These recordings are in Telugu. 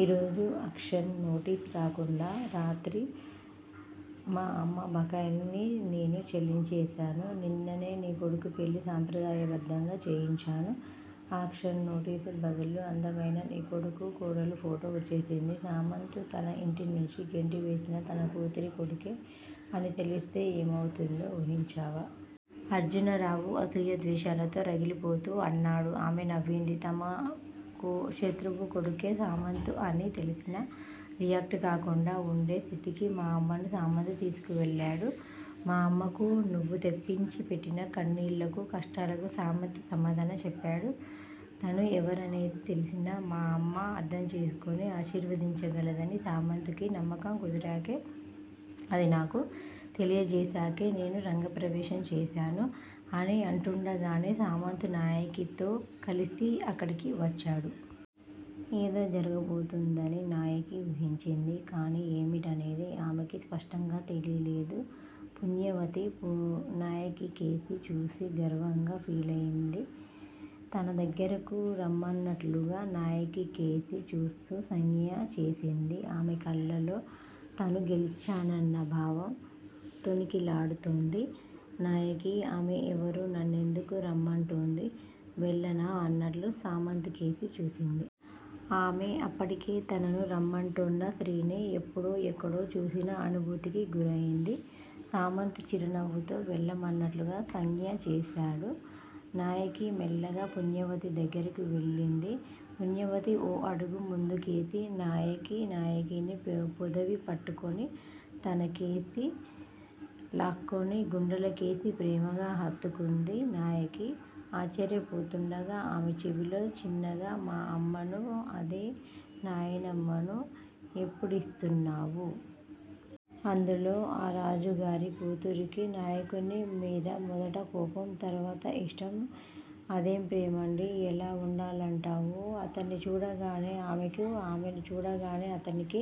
ఈరోజు ఆక్షన్ నోటీసు రాకుండా రాత్రే మా అమ్మ బకాయిల్ని నేను చెల్లించేసాను. నిన్ననే నీ కొడుకు పెళ్ళి సాంప్రదాయబద్ధంగా చేయించాను. ఆక్షన్ నోటీసు బదులు అందమైన నీకొడుకు, కోడలు ఫోటో వచ్చేసింది. సామంత్ తన ఇంటినుంచి గెంటి వేసిన తన కూతురి కొడుకే అని తెలిస్తే ఏమవుతుందో ఊహించావా? అర్జునరావు అసూయా ద్వేషాలతో రగిలిపోతూ అన్నాడు. ఆమె నవ్వింది. తన శత్రువు కొడుకే సామంత్ అని తెలిసినా రియాక్ట్ కాకుండా వుండే స్థితికి మా అమ్మను సామంత్ తీసుకువెళ్ళాడు. మా అమ్మకు నువ్వు తెప్పించి పెట్టిన కన్నీళ్ళకు, కష్టాలకు సామంత్ సమాధానం చెప్పాడు. తను ఎవరనేది తెలిసినా మా అమ్మ అర్థం చేసుకుని ఆశీర్వదించగలదని సామంత్ కి నమ్మకం కుదిరాకే- అది నాకు తెలియజేసాకే నేను రంగప్రవేశం చేసాను అని అంటుండగానే సామంత్ నాయకితో కలిసి అక్కడికి వచ్చాడు. ఏదో జరగబోతోందని నాయకి ఊహించింది. కాని, ఏమిటనేది ఆమెకీ స్పష్టంగా తెలీలేదు. పుణ్యవతి నాయకికేసి చూసి గర్వంగా ఫీలయింది. తన దగ్గరకు రమ్మన్నట్లుగా నాయకికేసి చూస్తూ సంజ్ఞ చేసింది. ఆమె కళ్ళలో తను గెలిచానన్న భావం తొణికిసలాడుతోంది. నాయకి- ఆమె ఎవరు? నన్నెందుకు రమ్మంటోంది? వెళ్ళనా అన్నట్లు సామంత్ కేసి చూసింది. ఆమె అప్పటికే తనను రమ్మంటోన్న స్త్రీని ఎప్పుడో ఎక్కడో చూసిన అనుభూతికి గురయింది. సామంత్ చిరునవ్వుతో వెళ్ళమన్నట్లుగా సంజ్ఞ చేసాడు. నాయకి మెల్లగా పుణ్యవతి దగ్గరకు వెళ్ళింది. పుణ్యవతి ఓ అడుగు ముందుకేసి నాయకిని పొదివి పట్టుకొని తనకేసి లాక్కుని, గుండెలకేసి ప్రేమగా హత్తుకుంది. నాయకి ఆశ్చర్యపోతుండగా ఆమె చెవిలో చిన్నగా మా అమ్మను అదే నాయనమ్మను ఎప్పుడిస్తున్నావు? అందులో ఆ రాజుగారి కూతురుకి నాయకుని మీద మొదట కోపం, తర్వాత ఇష్టం! అదేం ప్రేమండీ? '' ''ఎలా ఉండాలంటావు? '' ''అతన్ని చూడగానే ఆమెకు, ఆమెను చూడగానే అతనికి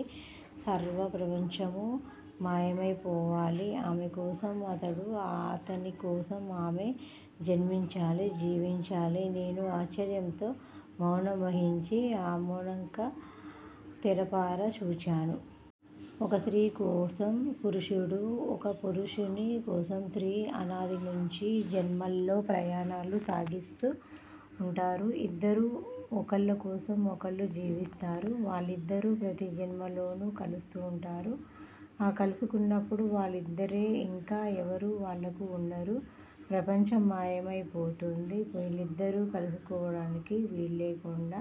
సర్వ ప్రపంచమూ మాయమైపోవాలి. ఆమెకోసం అతడూ, అతనికోసం ఆమె జన్మించాలి, జీవించాలి. '' నేను ఆశ్చర్యంతో మౌనం వహించి ఆమెవంక తేరిపార చూచాను. ''ఒక స్త్రీ కోసం పురుషుడూ, ఒక పురుషుని కోసం స్త్రీ అనాది నుంచీ జన్మల్లో ప్రయాణాలు సాగిస్తూ వుంటారు. ఇద్దరూ ఒకళ్ళకోసం ఒకళ్ళు జీవిస్తారు. వాళ్ళిద్దరూ ప్రతిజన్మలోనూ కలుస్తూ ఉంటారు. ఆ కలుసుకున్నప్పుడు వాళ్లిద్దరే. ఇంక ఎవ్వరూ వాళ్లకు వుండరు. ప్రపంచం మాయమైపోతుంది. ''వాళ్ళిద్దరూ కలుసుకోవడానికి వీల్లేకుండా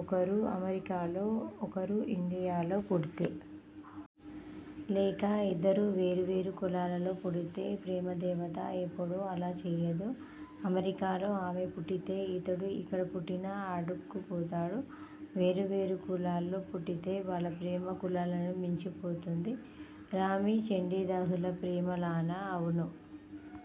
ఒకరు అమెరికాలో, ఒకరు ఇండియాలో పుడితే? లేక ఇద్దరూ వేరు వేరు కులాలలో పుడితే? '' ''ప్రేమదేవత ఎప్పుడూ అలా చెయ్యదు. అమెరికాలో ఆమె పుట్టితే ఇతడు ఎక్కడ పుట్టినా అక్కడక్కు పోతాడు. వేరు వేరు కులాల్లో పుట్టితే, వాళ్ళ ప్రేమ కులాలను మించిపోతుంది! '' ''రామీ, చండీదాసుల ప్రేమలానా? '' ''అవును.